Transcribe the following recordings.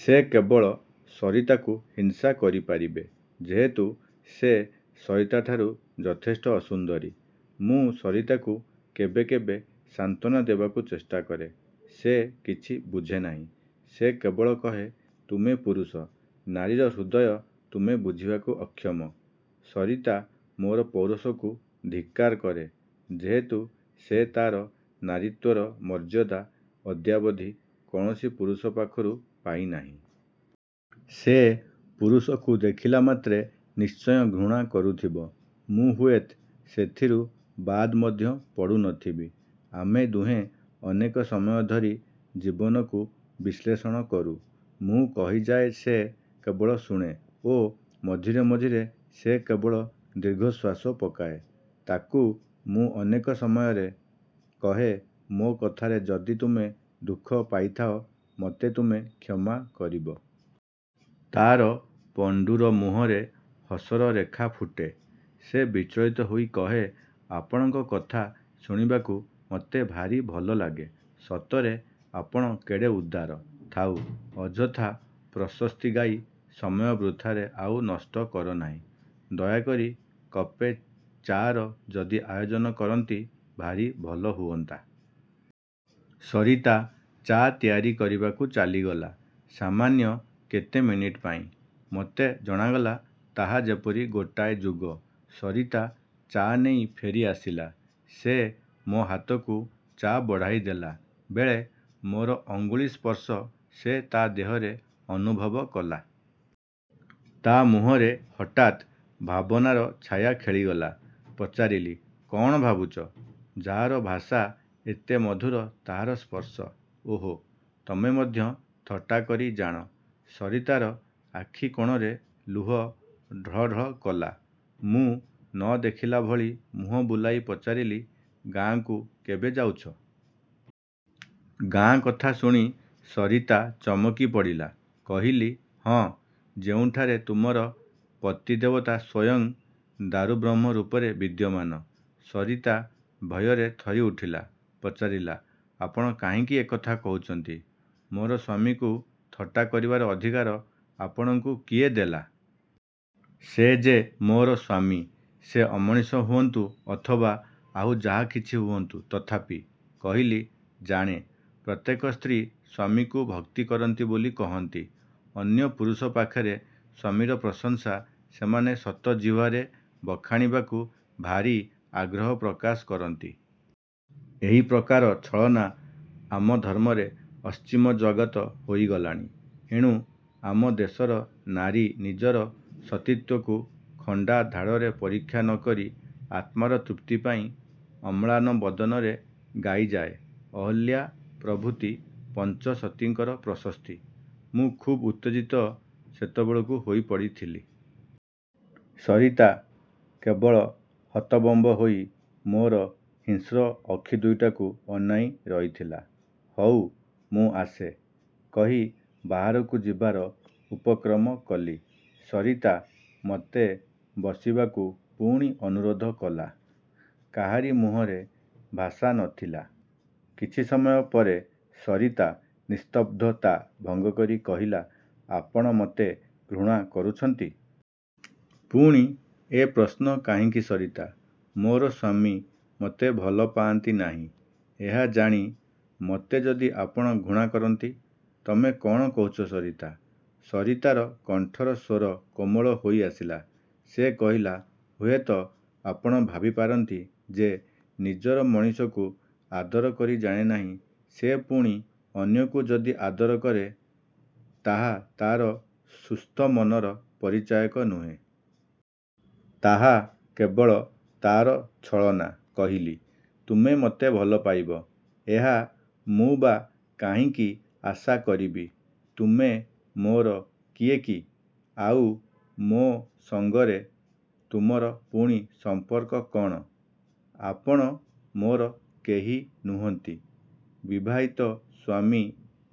ସେ କେବଳ ସରିତାକୁ ହିଂସା କରିପାରିବେ ଯେହେତୁ ସେ ସରିତାଠାରୁ ଯଥେଷ୍ଟ ଅସୁନ୍ଦରୀ। ମୁଁ ସରିତାକୁ କେବେ କେବେ ସାନ୍ତ୍ୱାନା ଦେବାକୁ ଚେଷ୍ଟାକରେ। ସେ କିଛି ବୁଝେନାହିଁ। ସେ କେବଳ କହେ ତୁମେ ପୁରୁଷ, ନାରୀର ହୃଦୟ ତୁମେ ବୁଝିବାକୁ ଅକ୍ଷମ। ସରିତା ମୋର ପୌରୁଷକୁ ଧିକ୍କାର କରେ ଯେହେତୁ ସେ ତା'ର ନାରୀତ୍ୱର ମର୍ଯ୍ୟାଦା ଅଦ୍ୟାବଧି କୌଣସି ପୁରୁଷ ପାଖରୁ ପାଇନାହିଁ। ସେ ପୁରୁଷକୁ ଦେଖିଲାମାତ୍ରେ ନିଶ୍ଚୟ ଘୃଣା କରୁଥିବ। ମୁଁ ହୁଏତ ସେଥିରୁ ବାଦ୍ ମଧ୍ୟ ପଡ଼ୁନଥିବି। ଆମେ ଦୁହେଁ ଅନେକ ସମୟ ଧରି ଜୀବନକୁ ବିଶ୍ଳେଷଣ କରୁଁ। ମୁଁ କହିଯାଏ ସେ କେବଳ ଶୁଣେ ଓ ମଝିରେ ମଝିରେ ସେ କେବଳ ଦୀର୍ଘଶ୍ୱାସ ପକାଏ। ତାକୁ ମୁଁ ଅନେକ ସମୟରେ କହେ, ''ମୋ କଥାରେ ଯଦି ତୁମେ ଦୁଃଖ ପାଇଥାଅ ମୋତେ ତୁମେ କ୍ଷମା କରିବ। '' ତା'ର ପଣ୍ଡୁର ମୁହଁରେ ହସର ରେଖା ଫୁଟେ। ସେ ବିଚଳିତ ହୋଇ କହେ, ''ଆପଣଙ୍କ କଥା ଶୁଣିବାକୁ ମୋତେ ଭାରି ଭଲଲାଗେ। ସତରେ ଆପଣ କେଡ଼େ ଉଦାର। '' ''ଥାଉ, ଅଯଥା ପ୍ରଶସ୍ତିଗାଇ ସମୟ ବୃଥାରେ ଆଉ ନଷ୍ଟ କରନାହିଁ। ଦୟାକରି କପେ ଚା'ର ଯଦି ଆୟୋଜନ କରନ୍ତି ଭାରି ଭଲ ହୁଅନ୍ତା। '' ସରିତା ଚା' ତିଆରି କରିବାକୁ ଚାଲିଗଲା। ସାମାନ୍ୟ କେତେ ମିନିଟ୍ ପାଇଁ। ମୋତେ ଜଣାଗଲା ତାହା ଯେପରି ଗୋଟାଏ ଯୁଗ। ସରିତା ଚା' ନେଇ ଫେରିଆସିଲା। ସେ ମୋ ହାତକୁ ଚା' ବଢ଼ାଇଦେଲା ବେଳେ ମୋର ଅଙ୍ଗୁଳି ସ୍ପର୍ଶ ସେ ତା' ଦେହରେ ଅନୁଭବ କଲା। ତା ମୁହଁରେ ହଠାତ୍ ଭାବନାର ଛାୟା ଖେଳିଗଲା। ପଚାରିଲି, ''କ'ଣ ଭାବୁଛ? '' ''ଯାହାର ଭାଷା ଏତେ ମଧୁର ତାହାର ସ୍ପର୍ଶ। '' 'ଓଃ, ତୁମେ ମଧ୍ୟ ଥଟ୍ଟା କରି ଜାଣ। ' ସରିତାର ଆଖି-କୋଣରେ ଲୁହ ଢଳ ଢଳ କଲା। ମୁଁ ନ ଦେଖିଲା ଭଳି ମୁହଁ ବୁଲାଇ ପଚାରିଲି, ''ଗାଁ କୁ କେବେ ଯାଉଛ? '' ଗାଁ କଥା ଶୁଣି ସରିତା ଚମକିପଡ଼ିଲା। କହିଲି, ''ହଁ, ଯେଉଁଠାରେ ତୁମ୍ଭର ପତିଦେବତା ସ୍ୱୟଂ ଦାରୁବ୍ରହ୍ମ ରୂପରେ ବିଦ୍ୟମାନ। '' ସରିତା ଭୟରେ ଥରିଉଠିଲା। ପଚାରିଲା, ''ଆପଣ କାହିଁକି ଏ କଥା କହୁଛନ୍ତି? ମୋର ସ୍ୱାମୀକୁ ଥଟ୍ଟା କରିବାର ଅଧିକାର ଆପଣଙ୍କୁ କିଏ ଦେଲା? ସେ ଯେ ମୋର ସ୍ୱାମୀ। ସେ ଅମଣିଷ ହୁଅନ୍ତୁ ଅଥବା ଆଉ ଯାହା କିଛି ହୁଅନ୍ତୁ ତଥାପି। '' କହିଲି, ''ଜାଣେ, ପ୍ରତ୍ୟେକ ସ୍ତ୍ରୀ ସ୍ୱାମୀକୁ ଭକ୍ତି କରନ୍ତି ବୋଲି କହନ୍ତି। ଅନ୍ୟ ପୁରୁଷ ପାଖରେ ସ୍ୱାମୀର ପ୍ରଶଂସା ସେମାନେ ଶତଜିହ୍ୱାରେ ବଖାଣିବାକୁ ଭାରି ଆଗ୍ରହ ପ୍ରକାଶ କରନ୍ତି। ଏହି ପ୍ରକାର ଛଳନା ଆମ ଧର୍ମରେ ଅସ୍ଥିମଜ୍ଜାଗତ ହୋଇଗଲାଣି। ଏଣୁ ଆମ ଦେଶର ନାରୀ ନିଜର ସତୀତ୍ୱକୁ ଖଣ୍ଡାଦାଢ଼ରେ ପରୀକ୍ଷା ନ କରି ଆତ୍ମାର ତୃପ୍ତି ପାଇଁ ଅମ୍ଳାନ ବଦନରେ ଗାଇଯାଏ ଅହଲ୍ୟା ପ୍ରଭୃତି ପଞ୍ଚସତୀଙ୍କର ପ୍ରଶସ୍ତି। '' ମୁଁ ଖୁବ୍ ଉତ୍ତେଜିତ ସେତେବେଳକୁ ହୋଇପଡ଼ିଥିଲି। ସରିତା କେବଳ ହତବମ୍ବ ହୋଇ ମୋର ହିଂସ୍ର ଅଖି ଦୁଇଟାକୁ ଅନାଇ ରହିଥିଲା। 'ହଉ ମୁଁ ଆସେ' କହି ବାହାରକୁ ଯିବାର ଉପକ୍ରମ କଲି। ସରିତା ମୋତେ ବସିବାକୁ ପୁଣି ଅନୁରୋଧ କଲା। କାହାରି ମୁହଁରେ ଭାଷା ନ ଥିଲା। କିଛି ସମୟ ପରେ ସରିତା ନିସ୍ତବ୍ଧତା ଭଙ୍ଗକରି କହିଲା, ''ଆପଣ ମୋତେ ଘୃଣା କରୁଛନ୍ତି? '' ''ପୁଣି ଏ ପ୍ରଶ୍ନ କାହିଁକି ସରିତା? '' ମୋର ସ୍ୱାମୀ ମୋତେ ଭଲପାଆନ୍ତି ନାହିଁ। ଏହା ଜାଣି ମୋତେ ଯଦି ଆପଣ ଘୃଣା କରନ୍ତି? ''ତୁମେ କ'ଣ କହୁଛ ସରିତା? '' ସରିତାର କଣ୍ଠର ସ୍ୱର କୋମଳ ହୋଇଆସିଲା। ସେ କହିଲା, ''ହୁଏତ ଆପଣ ଭାବିପାରନ୍ତି, ଯେ ନିଜର ମଣିଷକୁ ଆଦର କରି ଜାଣେନାହିଁ, ସେ ପୁଣି ଅନ୍ୟକୁ ଯଦି ଆଦର କରେ, ତାହା ତା'ର ସୁସ୍ଥମନର ପରିଚାୟକ ନୁହେଁ। ତାହା କେବଳ ତା'ର ଛଳନା। '' କହିଲି, ''ତୁମେ ମୋତେ ଭଲପାଇବ, ଏହା ମୁଁ ବା କାହିଁକି ଆଶା କରିବି? ତୁମେ ମୋର କିଏ କି? ଆଉ ମୋ ସଙ୍ଗରେ ତୁମର ପୁଣି ସମ୍ପର୍କ କ'ଣ? '' ''ଆପଣ ମୋର କେହି ନୁହନ୍ତି? '' ''ବିବାହିତ ସ୍ୱାମୀ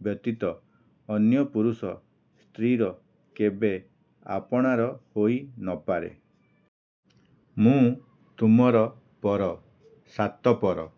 ବ୍ୟତୀତ ଅନ୍ୟ ପୁରୁଷ ସ୍ତ୍ରୀର କେବେ ଆପଣାର ହୋଇନପାରେ। ମୁଁ ତୁମର ପର, ସାତପର।